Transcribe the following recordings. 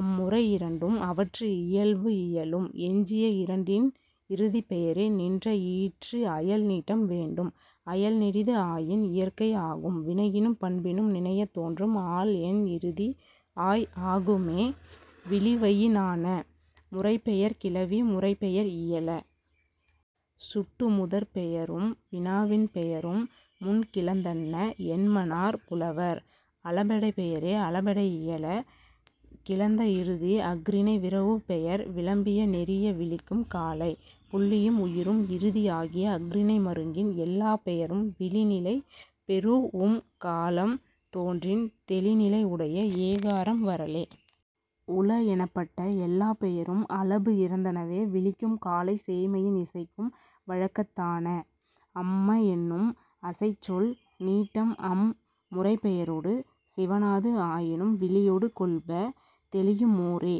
அம் முறை இரண்டும் அவற்று இயல்பு இயலும். எஞ்சிய இரண்டின் இறுதிப் பெயரே நின்ற ஈற்று அயல் நீட்டம் வேண்டும். அயல் நெடிது ஆயின் இயற்கை ஆகும். வினையினும் பண்பினும் நினையத் தோன்றும் ஆள் என் இறுதி ஆய் ஆகும்மே விளிவயினான. முறைப்பெயர்க் கிளவி முறைப்பெயர் இயல. சுட்டுமுதற் பெயரும் வினாவின் பெயரும் முன் கிளந்தன்ன என்மனார் புலவர். அளபெடைப் பெயரே அளபெடை இயல. கிளந்த இறுதி அஃறிணை விரவுப்பெயர் விளம்பிய நெறிய விளிக்கும் காலை. புள்ளியும் உயிரும் இறுதி ஆகிய அஃறிணை மருங்கின் எல்லாப் பெயரும் விளி நிலை பெறூஉம் காலம் தோன்றின் தெளி நிலை உடைய ஏகாரம் வரலே. உள எனப்பட்ட எல்லாப் பெயரும் அளபு இறந்தனவே விளிக்கும் காலை சேய்மையின் இசைக்கும் வழக்கத்தான. அம்ம என்னும் அசைச்சொல் நீட்டம் அம் முறைப்பெயரொடு சிவணாது ஆயினும் விளியொடு கொள்ப தெளியுமோரே.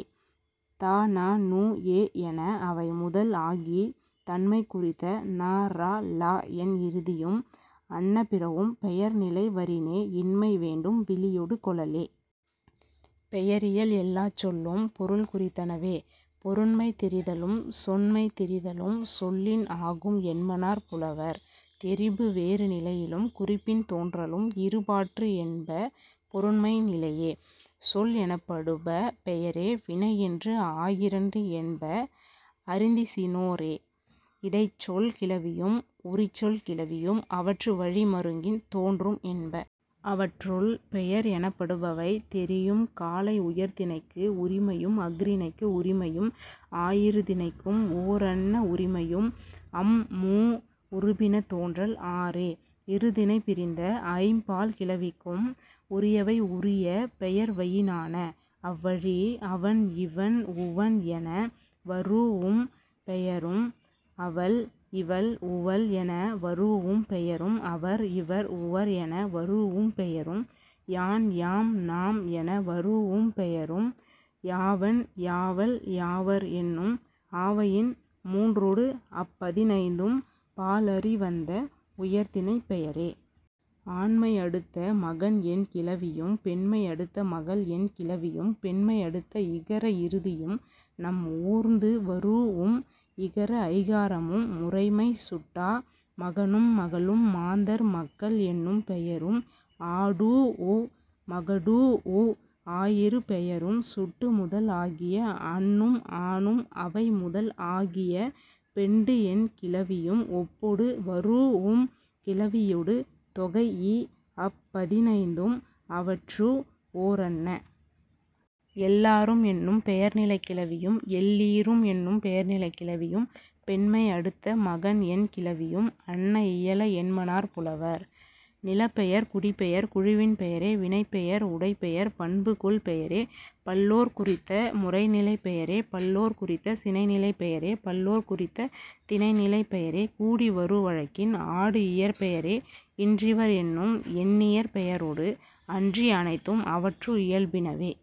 த ந நு எ என அவை முதல் ஆகித் தன்மை குறித்த ன ர ள என் இறுதியும் அன்ன பிறவும் பெயர் நிலை வரினே இன்மை வேண்டும் விளியொடு கொளலே.. பெயரியல் எல்லாச் சொல்லும் பொருள் குறித்தனவே. பொருண்மை தெரிதலும் சொன்மை தெரிதலும் சொல்லின் ஆகும் என்மனார் புலவர். தெரிபு வேறு நிலையலும் குறிப்பின் தோன்றலும் இரு பாற்று என்ப பொருண்மை நிலையே. சொல் எனப்படுப பெயரே வினை என்று ஆயிரண்டு என்ப அறிந்திசினோரே. இடைச்சொல் கிளவியும் உரிச்சொல் கிளவியும் அவற்று வழி மருங்கின் தோன்றும் என்ப. அவற்றுள், பெயர் எனப்படுபவை தெரியும் காலை உயர்திணைக்கு உரிமையும் அஃறிணைக்கு உரிமையும் ஆயிரு திணைக்கும் ஓரன்ன உரிமையும் அம் மூ உருபின தோன்றல் ஆறே. இரு திணைப் பிரிந்த ஐம் பால் கிளவிக்கும் உரியவை உரிய பெயர்வயினான. அவ்வழி, அவன் இவன் உவன் என வரூஉம் பெயரும் அவள் இவள் உவள் என வரூஉம் பெயரும் அவர் இவர் உவர் என வரூஉம் பெயரும் யான் யாம் நாம் என வரூஉம் பெயரும் யாவன் யாவள் யாவர் என்னும் ஆவயின் மூன்றொடு அப் பதினைந்தும் பால் அறி வந்த உயர்திணைப் பெயரே. ஆண்மை அடுத்த மகன் என் கிளவியும் பெண்மை அடுத்த மகள் என் கிளவியும் பெண்மை அடுத்த இகர இறுதியும் நம் ஊர்ந்து வரூஉம் இகர ஐகாரமும் முறைமை சுட்டா மகனும் மகளும் மாந்தர் மக்கள் என்னும் பெயரும் ஆடூஉ மகடூஉ ஆயிரு பெயரும் சுட்டு முதல் ஆகிய அன்னும் ஆனும் அவை முதல் ஆகிய பெண்டு என் கிளவியும் ஒப்பொடு வரூஉம் கிளவியொடு தொகைஇ அப் பதினைந்தும் அவற்று ஓரன்ன. எல்லாரும் என்னும் பெயர்நிலைக் கிளவியும் எல்லீரும் என்னும் பெயர்நிலைக் கிளவியும் பெண்மை அடுத்த மகன் என் கிளவியும் அன்ன இயல என்மனார் புலவர். நிலப் பெயர் குடிப் பெயர் குழுவின் பெயரே வினைப் பெயர் உடைப் பெயர் பண்பு கொள் பெயரே பல்லோர்க் குறித்த முறை நிலைப் பெயரே பல்லோர்க் குறித்த சினை நிலைப் பெயரே பல்லோர்க் குறித்த திணை நிலைப் பெயரே கூடி வரு வழக்கின் ஆடு இயற் பெயரே இன்றிவர் என்னும் எண்ணியற் பெயரொடு அன்றி அனைத்தும் அவற்று இயல்பினவே.